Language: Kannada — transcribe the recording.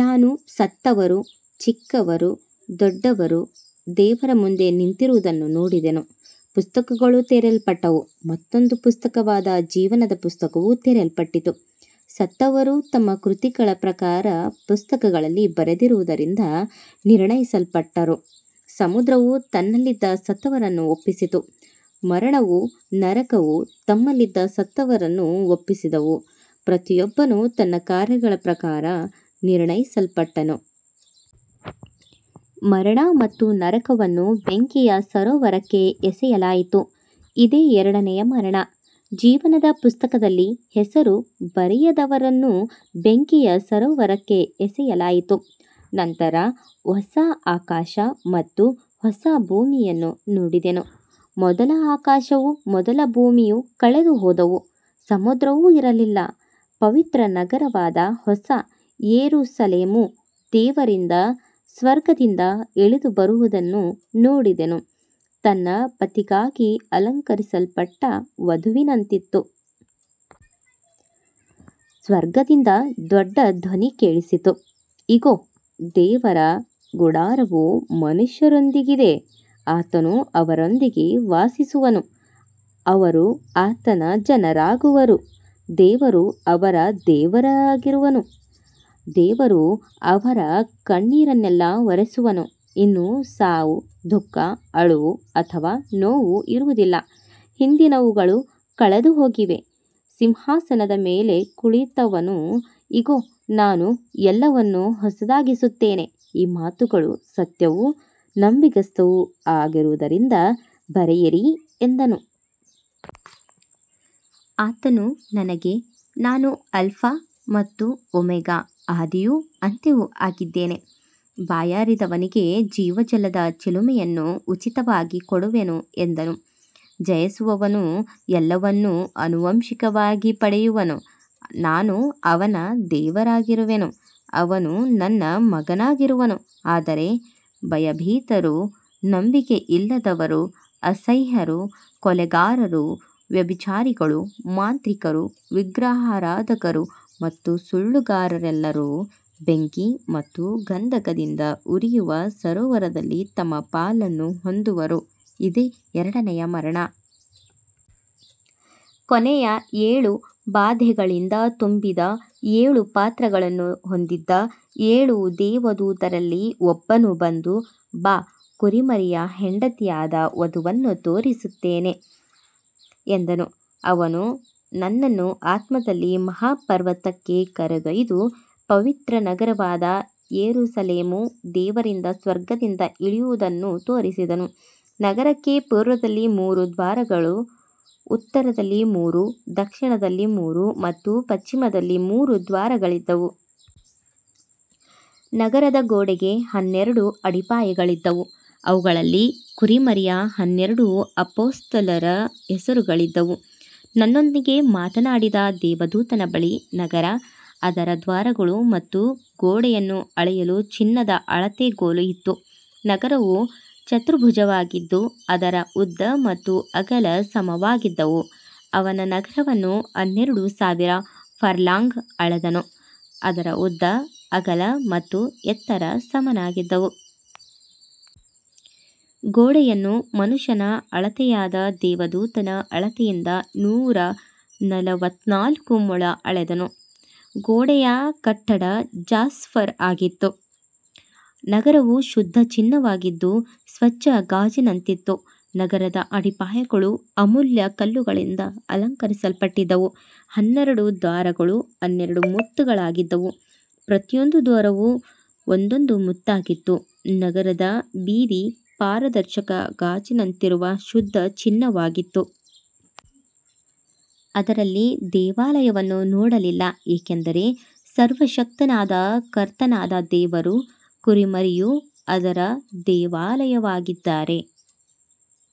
ನಾನು ಸತ್ತವರು, ಚಿಕ್ಕವರೂ ದೊಡ್ಡವರೂ, ದೇವರ ಮುಂದೆ ನಿಂತಿರುವುದನ್ನು ನೋಡಿದೆನು. ಪುಸ್ತಕಗಳು ತೆರೆಯಲ್ಪಟ್ಟವು, ಮತ್ತೊಂದು ಪುಸ್ತಕವಾದ ಜೀವನದ ಪುಸ್ತಕವೂ ತೆರೆಯಲ್ಪಟ್ಟಿತು. ಸತ್ತವರು ತಮ್ಮ ಕೃತಿಗಳ ಪ್ರಕಾರ ಪುಸ್ತಕಗಳಲ್ಲಿ ಬರೆದಿರುವುದರಿಂದ ನಿರ್ಣಯಿಸಲ್ಪಟ್ಟರು. ಸಮುದ್ರವು ತನ್ನಲ್ಲಿದ್ದ ಸತ್ತವರನ್ನು ಒಪ್ಪಿಸಿತು, ಮರಣವೂ ನರಕವೂ ತಮ್ಮಲ್ಲಿದ್ದ ಸತ್ತವರನ್ನು ಒಪ್ಪಿಸಿದವು. ಪ್ರತಿಯೊಬ್ಬನೂ ತನ್ನ ಕಾರ್ಯಗಳ ಪ್ರಕಾರ ನಿರ್ಣಯಿಸಲ್ಪಟ್ಟನು. ಮರಣ ಮತ್ತು ನರಕವನ್ನು ಬೆಂಕಿಯ ಸರೋವರಕ್ಕೆ ಎಸೆಯಲಾಯಿತು, ಇದೇ ಎರಡನೆಯ ಮರಣ. ಜೀವನದ ಪುಸ್ತಕದಲ್ಲಿ ಹೆಸರು ಬರೆಯದವರನ್ನೂ ಬೆಂಕಿಯ ಸರೋವರಕ್ಕೆ ಎಸೆಯಲಾಯಿತು. ನಂತರ ಹೊಸ ಆಕಾಶ ಮತ್ತು ಹೊಸ ಭೂಮಿಯನ್ನು ನೋಡಿದೆನು. ಮೊದಲ ಆಕಾಶವೂ ಮೊದಲ ಭೂಮಿಯೂ ಕಳೆದುಹೋದವು, ಸಮುದ್ರವೂ ಇರಲಿಲ್ಲ. ಪವಿತ್ರನಗರವಾದ ಹೊಸ ಯೆರೂಸಲೇಮು ದೇವರಿಂದ ಸ್ವರ್ಗದಿಂದ ಇಳಿದುಬರುವುದನ್ನು ನೋಡಿದೆನು, ತನ್ನ ಪತಿಗಾಗಿ ಅಲಂಕರಿಸಲ್ಪಟ್ಟ ವಧುವಿನಂತಿತ್ತು. ಸ್ವರ್ಗದಿಂದ ದೊಡ್ಡ ಧ್ವನಿ ಕೇಳಿಸಿತು, ಇಗೋ, ದೇವರ ಗುಡಾರವು ಮನುಷ್ಯರೊಂದಿಗಿದೆ, ಆತನು ಅವರೊಂದಿಗೆ ವಾಸಿಸುವನು, ಅವರು ಆತನ ಜನರಾಗುವರು, ದೇವರು ಅವರ ದೇವರಾಗಿರುವನು. ದೇವರು ಅವರ ಕಣ್ಣೀರನ್ನೆಲ್ಲ ಒರೆಸುವನು. ಇನ್ನು ಸಾವು, ದುಃಖ, ಅಳುವು ಅಥವಾ ನೋವು ಇರುವುದಿಲ್ಲ, ಹಿಂದಿನವುಗಳು ಕಳೆದುಹೋಗಿವೆ. ಸಿಂಹಾಸನದ ಮೇಲೆ ಕುಳಿತವನು, ಇಗೋ, ನಾನು ಎಲ್ಲವನ್ನೂ ಹೊಸದಾಗಿಸುತ್ತೇನೆ, ಈ ಮಾತುಗಳು ಸತ್ಯವೂ ನಂಬಿಗಸ್ತವೂ ಆಗಿರುವುದರಿಂದ ಬರೆಯಿರಿ ಎಂದನು. ಆತನು ನನಗೆ, ನಾನು ಆಲ್ಫಾ ಮತ್ತು ಓಮೆಗಾ, ಆದಿಯೂ ಅಂತ್ಯವೂ ಆಗಿದ್ದೇನೆ, ಬಾಯಾರಿದವನಿಗೆ ಜೀವಜಲದ ಚಿಲುಮೆಯನ್ನು ಉಚಿತವಾಗಿ ಕೊಡುವೆನು ಎಂದನು. ಜಯಿಸುವವನು ಎಲ್ಲವನ್ನೂ ಆನುವಂಶಿಕವಾಗಿ ಪಡೆಯುವನು, ನಾನು ಅವನ ದೇವರಾಗಿರುವೆನು, ಅವನು ನನ್ನ ಮಗನಾಗಿರುವನು. ಆದರೆ ಭಯಭೀತರು, ನಂಬಿಕೆಯಿಲ್ಲದವರು, ಅಸಹ್ಯರು, ಕೊಲೆಗಾರರು, ವ್ಯಭಿಚಾರಿಗಳು, ಮಾಂತ್ರಿಕರು, ವಿಗ್ರಹಾರಾಧಕರು ಮತ್ತು ಸುಳ್ಳುಗಾರರೆಲ್ಲರೂ ಬೆಂಕಿ ಮತ್ತು ಗಂಧಕದಿಂದ ಉರಿಯುವ ಸರೋವರದಲ್ಲಿ ತಮ್ಮ ಪಾಲನ್ನು ಹೊಂದುವರು, ಇದೇ ಎರಡನೆಯ ಮರಣ. ಕೊನೆಯ ಏಳು ಬಾಧೆಗಳಿಂದ ತುಂಬಿದ ಏಳು ಪಾತ್ರಗಳನ್ನು ಹೊಂದಿದ್ದ ಏಳು ದೇವದೂತರಲ್ಲಿ ಒಬ್ಬನು ಬಂದು, ಬಾ, ಕುರಿಮರಿಯ ಹೆಂಡತಿಯಾದ ವಧುವನ್ನು ತೋರಿಸುತ್ತೇನೆ ಎಂದನು. ಅವನು ನನ್ನನ್ನು ಆತ್ಮದಲ್ಲಿ ಮಹಾಪರ್ವತಕ್ಕೆ ಕರೆದೊಯ್ದು, ಪವಿತ್ರನಗರವಾದ ಯೆರೂಸಲೇಮು ದೇವರಿಂದ ಸ್ವರ್ಗದಿಂದ ಇಳಿಯುವುದನ್ನು ತೋರಿಸಿದನು. ನಗರಕ್ಕೆ ಪೂರ್ವದಲ್ಲಿ ಮೂರು ದ್ವಾರಗಳು, ಉತ್ತರದಲ್ಲಿ ಮೂರು, ದಕ್ಷಿಣದಲ್ಲಿ ಮೂರು ಮತ್ತು ಪಶ್ಚಿಮದಲ್ಲಿ ಮೂರು ದ್ವಾರಗಳಿದ್ದವು. ನಗರದ ಗೋಡೆಗೆ ಹನ್ನೆರಡು ಅಡಿಪಾಯಗಳಿದ್ದವು, ಅವುಗಳಲ್ಲಿ ಕುರಿಮರಿಯ ಹನ್ನೆರಡು ಅಪೊಸ್ತಲರ ಹೆಸರುಗಳಿದ್ದವು. ನನ್ನೊಂದಿಗೆ ಮಾತನಾಡಿದ ದೇವದೂತನ ಬಳಿ ನಗರ, ಅದರ ದ್ವಾರಗಳು ಮತ್ತು ಗೋಡೆಯನ್ನು ಅಳೆಯಲು ಚಿನ್ನದ ಅಳತೆಗೋಲು ಇತ್ತು. ನಗರವು ಚತುರ್ಭುಜವಾಗಿದ್ದು, ಅದರ ಉದ್ದ ಮತ್ತು ಅಗಲ ಸಮವಾಗಿದ್ದವು. ಅವನು ನಗರವನ್ನು ಹನ್ನೆರಡು ಸಾವಿರ ಫರ್ಲಾಂಗ್ ಅಳೆದನು, ಅದರ ಉದ್ದ, ಅಗಲ ಮತ್ತು ಎತ್ತರ ಸಮವಾಗಿದ್ದವು. ಗೋಡೆಯನ್ನು ಮನುಷ್ಯನ ಅಳತೆಯಾದ ದೇವದೂತನ ಅಳತೆಯಿಂದ ನೂರ ನಲವತ್ತನಾಲ್ಕು ಮೊಳ ಅಳೆದನು. ಗೋಡೆಯ ಕಟ್ಟಡ ಜಾಸ್ಪರ್ ಆಗಿತ್ತು, ನಗರವು ಶುದ್ಧ ಚಿನ್ನವಾಗಿದ್ದು, ಸ್ವಚ್ಛ ಗಾಜಿನಂತಿತ್ತು. ನಗರದ ಅಡಿಪಾಯಗಳು ಅಮೂಲ್ಯ ಕಲ್ಲುಗಳಿಂದ ಅಲಂಕರಿಸಲ್ಪಟ್ಟಿದ್ದವು, ಹನ್ನೆರಡು ದ್ವಾರಗಳು ಹನ್ನೆರಡು ಮುತ್ತುಗಳಾಗಿದ್ದವು, ಪ್ರತಿಯೊಂದು ದ್ವಾರವೂ ಒಂದೊಂದು ಮುತ್ತಾಗಿತ್ತು. ನಗರದ ಬೀದಿ ಪಾರದರ್ಶಕ ಗಾಜಿನಂತಿರುವ ಶುದ್ಧ ಚಿನ್ನವಾಗಿತ್ತು. ಅದರಲ್ಲಿ ದೇವಾಲಯವನ್ನು ನೋಡಲಿಲ್ಲ, ಏಕೆಂದರೆ ಸರ್ವಶಕ್ತನಾದ ಕರ್ತನಾದ ದೇವರೂ ಕುರಿಮರಿಯೂ ಅದರ ದೇವಾಲಯವಾಗಿದ್ದಾರೆ.